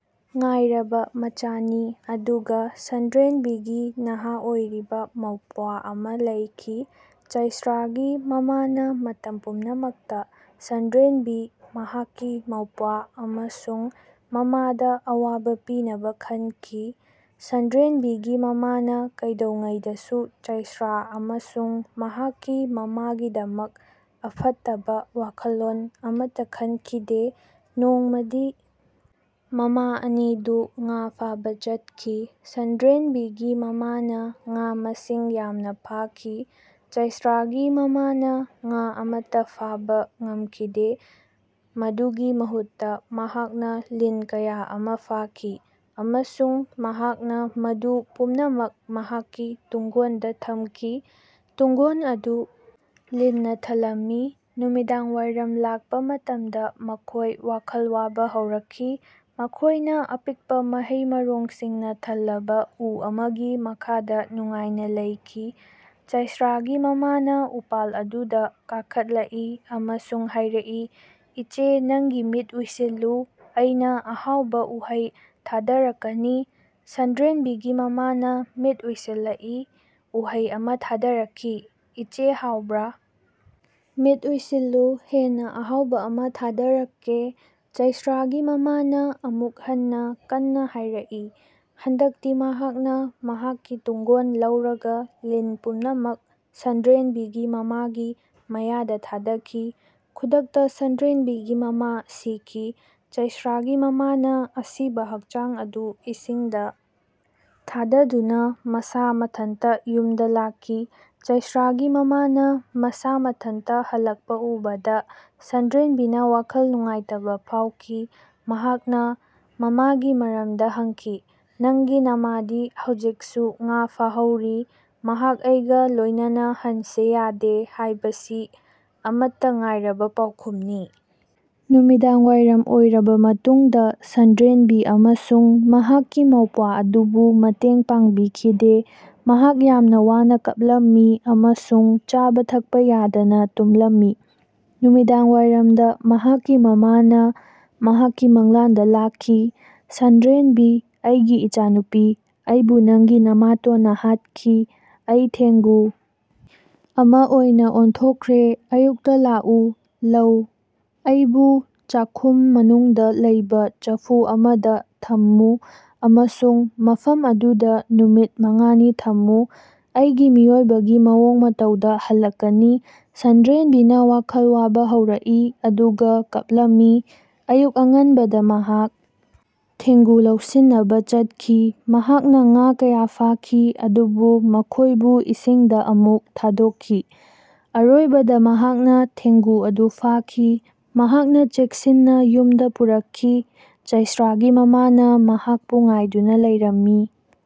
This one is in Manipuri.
ꯉꯥꯏꯔꯕ ꯃꯆꯥꯅꯤ ꯑꯗꯨꯒ ꯁꯟꯗ꯭ꯔꯦꯝꯕꯤꯒꯤ ꯅꯍꯥ ꯑꯣꯏꯔꯤꯕ ꯃꯧꯄ꯭ꯋꯥ ꯑꯃꯥ ꯂꯩꯈꯤ꯫ ꯆꯩꯁ꯭ꯔꯥꯒꯤ ꯃꯃꯥꯅ ꯃꯇꯝ ꯄꯨꯝꯅꯃꯛꯇ ꯁꯥꯟꯗ꯭ꯔꯦꯝꯕꯤ, ꯃꯍꯥꯛꯀꯤ ꯃꯧꯄ꯭ꯋꯥ ꯑꯃꯁꯨꯡ ꯃꯃꯥꯗ ꯑꯋꯥꯕ ꯄꯤꯅꯕ ꯈꯟꯈꯤ꯫ ꯁꯟꯗ꯭ꯔꯦꯝꯕꯤꯒꯤ ꯃꯃꯥꯅ ꯀꯩꯗꯧꯉꯩꯗꯁꯨ ꯆꯩꯁ꯭ꯔꯥ ꯑꯃꯁꯨꯡ ꯃꯍꯥꯛꯀꯤ ꯃꯃꯥꯒꯤꯗꯃꯛ ꯑꯐꯠꯇꯕ ꯋꯥꯈꯜꯂꯣꯟ ꯑꯃꯠꯇ ꯈꯟꯈꯤꯗꯦ꯫ ꯅꯣꯡꯃꯗꯤ ꯃꯃꯥ ꯑꯅꯤꯗꯨ ꯉꯥ ꯐꯥꯕꯥ ꯆꯠꯈꯤ꯫ ꯁꯟꯗ꯭ꯔꯦꯝꯕꯤꯒꯤ ꯃꯃꯥꯅ ꯉꯥ ꯃꯁꯤꯡ ꯌꯥꯝꯅ ꯐꯥꯈꯤ꯫ ꯆꯩꯁ꯭ꯔꯥꯒꯤ ꯃꯃꯥꯅ ꯉꯥ ꯑꯃꯠꯇꯥ ꯐꯥꯕ ꯉꯝꯈꯤꯗꯦ꯫ ꯃꯗꯨꯒꯤ ꯃꯍꯨꯠꯇ ꯃꯍꯥꯛꯅ ꯂꯤꯟ ꯀꯌꯥ ꯑꯃ ꯐꯥꯈꯤ ꯑꯃꯁꯨꯡ ꯃꯍꯥꯛꯅ ꯃꯗꯨ ꯄꯨꯝꯅꯃꯛ ꯃꯍꯥꯛꯀꯤ ꯇꯨꯡꯒꯣꯟꯗ ꯊꯝꯈꯤ꯫ ꯇꯨꯡꯒꯣꯟ ꯑꯗꯨ ꯂꯤꯟꯅ ꯊꯜꯂꯝꯃꯤ꯫ ꯅꯨꯃꯤꯗꯥꯡꯋꯥꯏꯔꯝ ꯂꯥꯛꯄ ꯃꯇꯝꯗ ꯃꯈꯣꯏ ꯋꯥꯈꯜ ꯋꯥꯕ ꯍꯧꯔꯛꯈꯤ꯫ ꯃꯈꯣꯏꯅ ꯑꯄꯤꯛꯄꯥ ꯃꯍꯩ ꯃꯔꯣꯡꯁꯤꯡꯅ ꯊꯜꯂꯕ ꯎ ꯑꯃꯒꯤ ꯃꯈꯥꯗ ꯅꯨꯡꯉꯥꯏꯅ ꯂꯩꯈꯤ꯫ ꯆꯩꯁ꯭ꯔꯥꯒꯤ ꯃꯃꯥꯅ ꯎꯄꯥꯜ ꯑꯗꯨꯗ ꯀꯥꯈꯠꯂꯛꯏ ꯑꯃꯁꯨꯡ ꯍꯥꯏꯔꯛꯏ, "ꯏꯆꯦ, ꯅꯪꯒꯤ ꯃꯤꯠ ꯎꯏꯁꯤꯜꯂꯨ, ꯑꯩꯅꯥ ꯑꯍꯥꯎꯕ ꯎꯍꯩ ꯊꯥꯗꯔꯛꯀꯅꯤ꯫" ꯁꯟꯗ꯭ꯔꯦꯝꯕꯤꯒꯤ ꯃꯃꯥꯅ ꯃꯤꯠ ꯎꯏꯁꯤꯜꯂꯛꯏ꯫ ꯎꯍꯩ ꯑꯃ ꯊꯥꯗꯔꯛꯈꯤ꯫ "ꯏꯆꯦ, ꯍꯥꯎꯕ꯭ꯔꯥ?" ꯃꯤꯠ ꯎꯏꯁꯤꯜꯂꯨ ꯍꯦꯟꯅ ꯑꯍꯥꯎꯕ ꯑꯃ ꯊꯥꯗꯔꯛꯀꯦ" ꯆꯩꯁ꯭ꯔꯥꯒꯤ ꯃꯃꯥꯅ ꯑꯃꯨꯛ ꯍꯟꯅ ꯀꯟꯅ ꯍꯥꯏꯔꯛꯏ꯫ ꯍꯟꯗꯛꯇꯤ ꯃꯍꯥꯛꯅ ꯃꯍꯥꯛꯀꯤ ꯇꯨꯡꯒꯣꯟ ꯂꯧꯔꯒ ꯂꯤꯟ ꯄꯨꯝꯅꯃꯛ ꯁꯥꯟꯗ꯭ꯔꯦꯝꯕꯤꯒꯤ ꯃꯃꯥꯒꯤ ꯃꯌꯥꯗ ꯊꯥꯗꯈꯤ꯫ ꯈꯨꯗꯛꯇ ꯁꯥꯟꯗ꯭ꯔꯦꯝꯕꯤꯒꯤ ꯃꯃꯥ ꯁꯤꯈꯤ꯫ ꯆꯩꯁ꯭ꯔꯥꯒꯤ ꯃꯃꯥꯅ ꯑꯁꯤꯕ ꯍꯛꯆꯥꯡ ꯑꯗꯨ ꯏꯁꯤꯡꯗ ꯊꯥꯗꯗꯨꯅ ꯃꯁꯥ ꯃꯊꯟꯇ ꯌꯨꯝꯗ ꯂꯥꯛꯈꯤ꯫ ꯆꯩꯁ꯭ꯔꯥꯒꯤ ꯃꯃꯥꯅ ꯃꯁꯥ ꯃꯊꯟꯇ ꯍꯜꯂꯛꯄ ꯎꯕꯗ ꯁꯟꯗ꯭ꯔꯦꯝꯕꯤꯅ ꯋꯥꯈꯜ ꯅꯨꯡꯉꯥꯏꯇꯕ ꯐꯥꯎꯈꯤ꯫ ꯃꯍꯥꯛꯅ ꯃꯃꯥꯒꯤ ꯃꯔꯝꯗ ꯍꯪꯈꯤ꯫ "ꯅꯪꯒꯤ ꯅꯃꯥꯗꯤ ꯍꯧꯖꯤꯛꯁꯨ ꯉꯥ ꯐꯥꯍꯧꯔꯤ꯫ ꯃꯍꯥꯛ ꯑꯩꯒꯥ ꯂꯣꯏꯅꯅ ꯍꯟꯁꯦ ꯌꯥꯗꯦ" ꯍꯥꯏꯕꯁꯤ ꯑꯃꯠꯇ ꯉꯥꯏꯔꯕ ꯄꯥꯎꯈꯨꯝꯅꯤ꯫ ꯅꯨꯃꯤꯗꯥꯡꯋꯥꯏꯔꯝ ꯑꯣꯏꯔꯕ ꯃꯇꯨꯡꯗ ꯁꯟꯗ꯭ꯔꯦꯝꯕꯤ ꯑꯃꯁꯨꯡ ꯃꯍꯥꯛꯀꯤ ꯃꯧꯄ꯭ꯋꯥ ꯑꯗꯨꯕꯨ ꯃꯇꯦꯡ ꯄꯥꯥꯡꯕꯤꯈꯤꯗꯦ꯫ ꯃꯍꯥꯛ ꯌꯥꯝꯅ ꯋꯥꯅ ꯀꯞꯂꯝꯃꯤ ꯑꯃꯁꯨꯡ ꯆꯥꯕ ꯊꯛꯄ ꯌꯥꯗꯅ ꯇꯨꯝꯂꯝꯃꯤ꯫ ꯅꯨꯃꯤꯗꯥꯡꯋꯥꯏꯔꯝꯗ ꯃꯍꯥꯛꯀꯤ ꯃꯃꯥꯅ ꯃꯍꯥꯛꯀꯤ ꯃꯪꯂꯥꯟꯗꯥ ꯂꯥꯛꯈꯤ꯫"ꯁꯟꯗ꯭ꯔꯦꯝꯕꯤ, ꯑꯩꯒꯤ ꯏꯆꯥꯅꯨꯄꯤ, ꯑꯩꯕꯨ ꯅꯪꯒꯤ ꯅꯃꯥꯇꯣꯟꯅ ꯍꯥꯠꯈꯤ꯫ ꯑꯩ ꯊꯦꯡꯒꯨ ꯑꯃ ꯑꯣꯏꯅ ꯑꯣꯟꯊꯣꯛꯈ꯭ꯔꯦ꯫ ꯑꯌꯨꯛꯇꯥ ꯂꯥꯛꯎ ꯂꯧ꯫ ꯑꯩꯕꯨ ꯆꯥꯛꯈꯨꯝ ꯃꯅꯨꯡꯗ ꯂꯩꯕꯥ ꯆꯐꯨ ꯑꯃꯗ ꯊꯝꯃꯨ꯫ ꯑꯃꯁꯨꯡ ꯃꯐꯝ ꯑꯗꯨꯗ ꯅꯨꯃꯤꯠ ꯃꯉꯥꯅꯤ ꯊꯝꯃꯨ꯫ ꯑꯩꯒꯤ ꯃꯤꯑꯣꯏꯕꯒꯤ ꯃꯑꯣꯡ ꯃꯇꯧꯗꯥ ꯍꯜꯂꯛꯀꯅꯤ꯫" ꯁꯟꯗ꯭ꯔꯦꯝꯕꯤꯅ ꯋꯥꯈꯜ ꯋꯥꯕ ꯍꯧꯔꯛꯏ ꯑꯗꯨꯒ ꯀꯞꯂꯝꯃꯤ꯫ ꯑꯌꯨꯛ ꯑꯉꯟꯕꯗ ꯃꯍꯥꯛ ꯊꯦꯡꯒꯨ ꯂꯧꯁꯤꯟꯅꯕ ꯆꯠꯈꯤ꯫ ꯃꯍꯥꯛꯅ ꯉꯥ ꯀꯌꯥ ꯐꯥꯈꯤ ꯑꯗꯨꯕꯨ ꯃꯈꯣꯏꯕꯨ ꯏꯁꯤꯡꯗ ꯑꯃꯨꯛ ꯊꯥꯗꯣꯛꯈꯤ꯫ ꯑꯔꯣꯏꯕꯗ ꯃꯍꯥꯛꯅ ꯊꯦꯡꯒꯨ ꯑꯗꯨ ꯐꯥꯈꯤ꯫ ꯃꯍꯥꯛꯅꯥ ꯆꯦꯛꯁꯤꯟꯅ ꯌꯨꯝꯗ ꯄꯨꯔꯛꯈꯤ꯫ ꯆꯩꯁ꯭ꯔꯥꯒꯤ ꯃꯃꯥꯅꯥ ꯃꯍꯥꯛꯄꯨ ꯉꯥꯏꯗꯨꯅ ꯂꯩꯔꯝꯃꯤ꯫